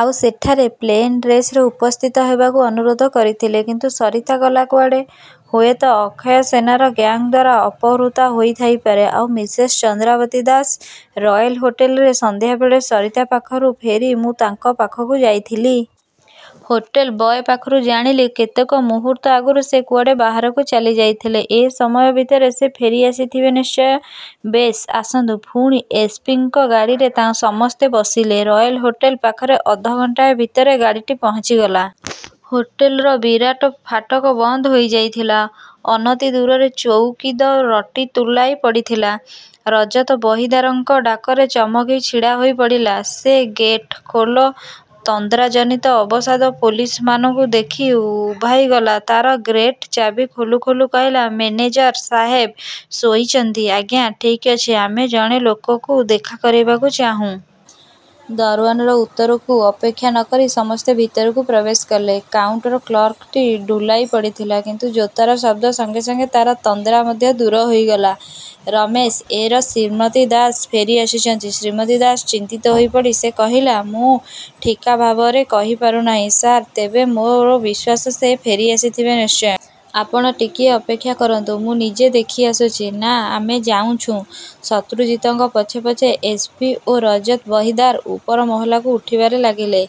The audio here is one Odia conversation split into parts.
ଆଉ ସେଠାରେ ପ୍ଲେନ ଡ୍ରେସରେ ଉପସ୍ଥିତ ହେବାକୁ ଅନୁରୋଧ କରିଥିଲେ। କିନ୍ତୁ ସରିତା ଗଲା କୁଆଡ଼େ? ହୁଏତ ଅକ୍ଷୟ ସେନର ଗ୍ୟାଙ୍ଗ ଦ୍ୱାରା ଅପହୃତା ହୋଇଥାଇପାରେ। ଆଉ ମିସେସ୍ ଚନ୍ଦ୍ରାବତୀ ଦାସ? 'ରୟେଲ ହୋଟେଲ'ରେ। ସନ୍ଧ୍ୟାବେଳେ ସରିତା ପାଖରୁ ଫେରି ମୁଁ ତାଙ୍କ ପାଖକୁ ଯାଇଥିଲି। ହୋଟେଲ ବୟ ପାଖରୁ ଜାଣିଲି କେତେକ ମୁହୂର୍ତ୍ତ ଆଗରୁ ସେ କୁଆଡ଼େ ବାହାରକୁ ଚାଲିଯାଇଥିଲେ। ଏ ସମୟ ଭିତରେ ସେ ଫେରିଆସିଥିବେ ନିଶ୍ଚୟ। ବେଶ୍, ଆସନ୍ତୁ। ପୁଣି ଏସ. ପି. ଙ୍କ ଗାଡ଼ିରେ ସମସ୍ତେ ବସିଲେ। ରୟେଲ ହୋଟେଲ ପାଖରେ ଅଧଘଣ୍ଟାଏ ଭିତରେ ଗାଡ଼ିଟି ପହଞ୍ଚିଗଲା। ହୋଟେଲର ବିରାଟ ଫାଟକ ବନ୍ଦ ହୋଇଯାଇଥିଲା। ଅନତିଦୂରରେ ଚୌକିଦ ରଟି ତୁଳାଇ ପଡ଼ିଥିଲା। ରଜତ ବହିଦାରଙ୍କ ଡାକରେ ଚମକି ଛିଡ଼ାହୋଇପଡ଼ିଲା ସେ। ଗେଟ ଖୋଲ। ତନ୍ଦ୍ରାଜନିତ ଅବସାଦ ପୋଲିସମାନଙ୍କୁ ଦେଖି ଉଭାଇଗଲା ତା'ର। ଗେଟ୍ର ଚାବି ଖୋଲୁ ଖୋଲୁ କହିଲା—ମେନେଜର ସାହେବ ଶୋଇଛନ୍ତି, ଆଜ୍ଞା! ଠିକ୍ ଅଛି, ଆମେ ଜଣେ ଲୋକକୁ ଦେଖା କରିବାକୁ ଚାହୁଁ। ଦରଓ୍ୱାନର ଉତ୍ତରକୁ ଅପେକ୍ଷା ନ କରି ସମସ୍ତେ ଭିତରକୁ ପ୍ରବେଶ କଲେ। କାଉଣ୍ଟର କ୍ଲର୍କଟି ଢୁଳାଇପଡ଼ିଥିଲା। କିନ୍ତୁ ଜୋତାର ଶବ୍ଦ ସଙ୍ଗେ ସଙ୍ଗେ ତାର ତନ୍ଦ୍ରା ମଧ୍ୟ ଦୂର ହୋଇଗଲା। ରମେଶ, ଏ ର ଶ୍ରୀମତୀ ଦାସ ଫେରିଆସିଛନ୍ତି? ଶ୍ରୀମତୀ ଦାସ.. ଚିନ୍ତିତ ହୋଇପଡ଼ି ସେ କହିଲା—ମୁଁ ଠିକ୍ଭାବରେ କହିପାରୁନାହିଁ ସାର୍, ତେବେ ମୋର ବିଶ୍ୱାସ ସେ ଫେରି ଆସିଥିବେ ନିଶ୍ଚୟ। ଆପଣ ଟିକିଏ ଅପେକ୍ଷା କରନ୍ତୁ, ମୁଁ ନିଜେ ଦେଖିଆସୁଛି। ନା, ଆମେ ଯାଉଛୁଁ। ଶତ୍ରୁଜିତଙ୍କ ପଛେ ପଛେ ଏସ. ପି. ଓ ରଜତ ବହିଦାର ଉପର ମହଲାକୁ ଉଠିବାରେ ଲାଗିଲେ।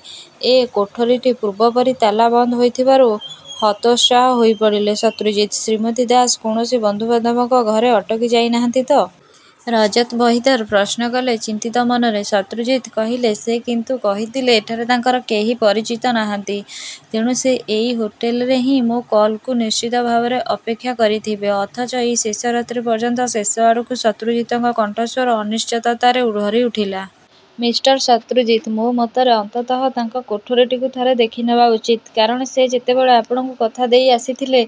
ଏ କୋଠରିଟି ପୂର୍ବପରି ତାଲା ବନ୍ଦ ହୋଇଥିବାରୁ ହତୋତ୍ସାହ ହୋଇପଡ଼ିଲେ ଶତ୍ରୁଜିତ୍। ଶ୍ରୀମତୀ ଦାସ କୌଣସି ବନ୍ଧୁବାନ୍ଧବଙ୍କ ଘରେ ଅଟକି ଯାଇନାହାନ୍ତି ତ? ରଜତ ବହିଦାର ପ୍ରଶ୍ନ କଲେ। ଚିନ୍ତିତ ମନରେ ଶତ୍ରୁଜିତ୍ କହିଲେ—ସେ କିନ୍ତୁ କହିଥିଲେ ଏଠାରେ ତାଙ୍କର କେହି ପରିଚିତ ନାହାନ୍ତି। ତେଣୁ ସେ ଏଇ ହୋଟେଲରେ ହିଁ ମୋ କଲ୍କୁ ନିଶ୍ଚିତ ଭାବରେ ଅପେକ୍ଷା କରିଥିବେ। ଅଥଚ ଏଇ ଶେଷରାତ୍ରି ପର୍ଯ୍ୟନ୍ତ... ଶେଷଆଡ଼କୁ ଶତ୍ରୁଜିତଙ୍କ କଣ୍ଠସ୍ୱର ଅନିଶ୍ଚିତତାରେ ଭରିଉଠିଲା। ମିଷ୍ଟର ଶତ୍ରୁଜିତ୍ ମୋ ମତରେ ଅନ୍ତତଃ ତାଙ୍କ କୋଠରିଟିକୁ ଥରେ ଦେଖିନେବା ଉଚିତ-। କାରଣ ସେ ଯେତେବେଳେ ଆପଣଙ୍କୁ କଥା ଦେଇ ଆସିଥିଲେ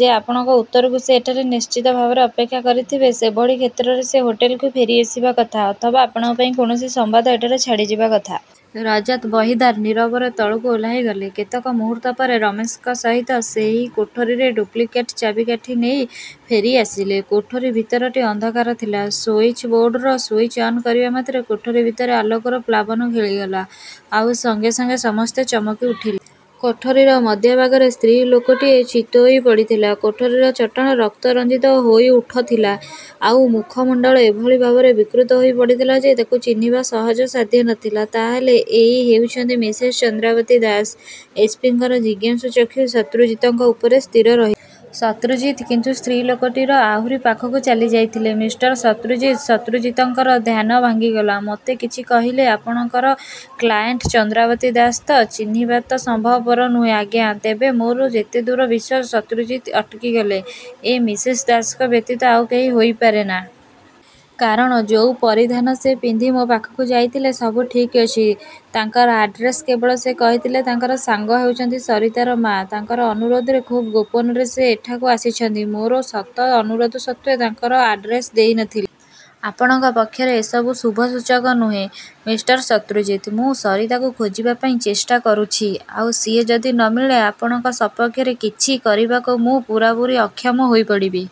ଯେ ଆପଣଙ୍କର ଉତ୍ତରକୁ ସେ ଏଠାରେ ନିଶ୍ଚିତ ଭାବରେ ଅପେକ୍ଷା କରିଥିବେ, ସେଭଳି କ୍ଷେତ୍ରରେ ସେ ହୋଟେଲକୁ ଫେରିଆସିବା କଥା, ଅଥବା ଆପଣଙ୍କ ପାଇଁ କୌଣସି ସମ୍ବାଦ ଏଠାରେ ଛାଡ଼ିଯିବା କଥା... ରଜତ ବହିଦାର ନୀରବରେ ତଳକୁ ଓହ୍ଳାଇଗଲେ। କେତେକ ମୁହୂର୍ତ୍ତ ପରେ ରମେଶଙ୍କ ସହିତ ସେଇ କୋଠରିର ଡୁପ୍ଲିକେଟ୍ ଚାବିକାଠି ନେଇ ଫେରିଆସିଲେ। କୋଠରି ଭିତରଟି ଅନ୍ଧକାର ଥିଲା। ସୁଇଚ ବୋର୍ଡର ସୁଇଚ୍ ଅନ୍ କରିବା ମାତ୍ରେ କୋଠରି ଭିତରେ ଆଲୋକର ପ୍ଳାବନ ଖେଳିଗଲା। ଆଉ ସଙ୍ଗେ ସଙ୍ଗେ ସମସ୍ତେ ଚମକିଉଠିଲେ। କୋଠରିର ମଧ୍ୟଭାଗରେ ସ୍ତ୍ରୀଲୋକଟିଏ ଚିତ୍ହୋଇ ପଡ଼ିଥିଲା। କୋଠରିର ଚଟାଣ ରକ୍ତରଞ୍ଜିତ ହୋଇଉଠଥିଲା। ଆଉ ମୁଖମଣ୍ଡଳ ଏଭଳି ଭାବରେ ବିକୃତ ହୋଇ ପଡ଼ିଥିଲା ଯେ ତାକୁ ଚିହ୍ନିବା ସହଜ ସାଧ୍ୟ ନ ଥିଲା। ତା ହେଲେ ଏଇ ହେଉଛନ୍ତି Mrs Chandrabati Das? S. P. ଙ୍କର ଜିଜ୍ଞାସୁ ଚକ୍ଷୁ ଶତ୍ରୁଜିତଙ୍କ ଉପରେ ସ୍ଥିର ରହିଲା। ଶତ୍ରୁଜିତ୍ କିନ୍ତୁ ସ୍ତ୍ରୀଲୋକଟିର ଆହୁରି ପାଖକୁ ଚାଲିଯାଇଥିଲେ। ମିଷ୍ଟର ଶତ୍ରୁଜିତ୍? ଶତ୍ରୁଜିତଙ୍କର ଧ୍ୟାନ ଭାଙ୍ଗିଗଲା। ମୋତେ କିଛି କହିଲେ… ଆପଣଙ୍କର କ୍ଲାଏଣ୍ଟ ଚନ୍ଦ୍ରାବତୀ ଦାସ ତ? ଚିହ୍ନିବା ତ ସମ୍ଭବପର ନୁହେଁ, ଆଜ୍ଞା! ତେବେ ମୋର ଯେତେଦୂର ବିଶ୍ୱାସ... ଶତ୍ରୁଜିତ୍ ଅଟକିଲେ। ଏ ମିସେସ ଦାସଙ୍କ ବ୍ୟତୀତ ଆଉ କେହି ହୋଇପାରେନା। କାରଣ ଯୋଉ ପରିଧାନ ସେ ପିନ୍ଧି ମୋ ପାଖକୁ ଯାଇଥିଲେ ସବୁ ଠିକ୍ଅଛି। ତାଙ୍କର ଆଡ୍ରେସ... କେବଳ ସେ କହିଥିଲେ ତାଙ୍କର ସାଙ୍ଗ ହେଉଛନ୍ତି ସରିତାର ମାଆ। ତାଙ୍କର ଅନୁରୋଧରେ ଖୁବ୍ ଗୋପନରେ ସେ ଏଠାକୁ ଆସିଛନ୍ତି। ମୋର ଶତ ଅନୁରୋଧ ସତ୍ତ୍ୱେ ତାଙ୍କର ଆଡ୍ରେସ ଦେଇ ନ ଥିଲେ। ଆପଣଙ୍କ ପକ୍ଷରେ ଏ ସବୁ ଶୁଭସୂଚକ ନୁହେଁ, ମିଷ୍ଟର ଶତ୍ରୁଜିତ୍! ମୁଁ ସରିତାକୁ ଖୋଜିବାପାଇଁ ଚେଷ୍ଟା କରୁଛି। ଆଉ ସିଏ ଯଦି ନ ମିଳେ ଆପଣଙ୍କ ସପକ୍ଷରେ କିଛି କରିବାକୁ ମୁଁ ପୂରାପୂରି ଅକ୍ଷମ ହୋଇପଡ଼ିବି।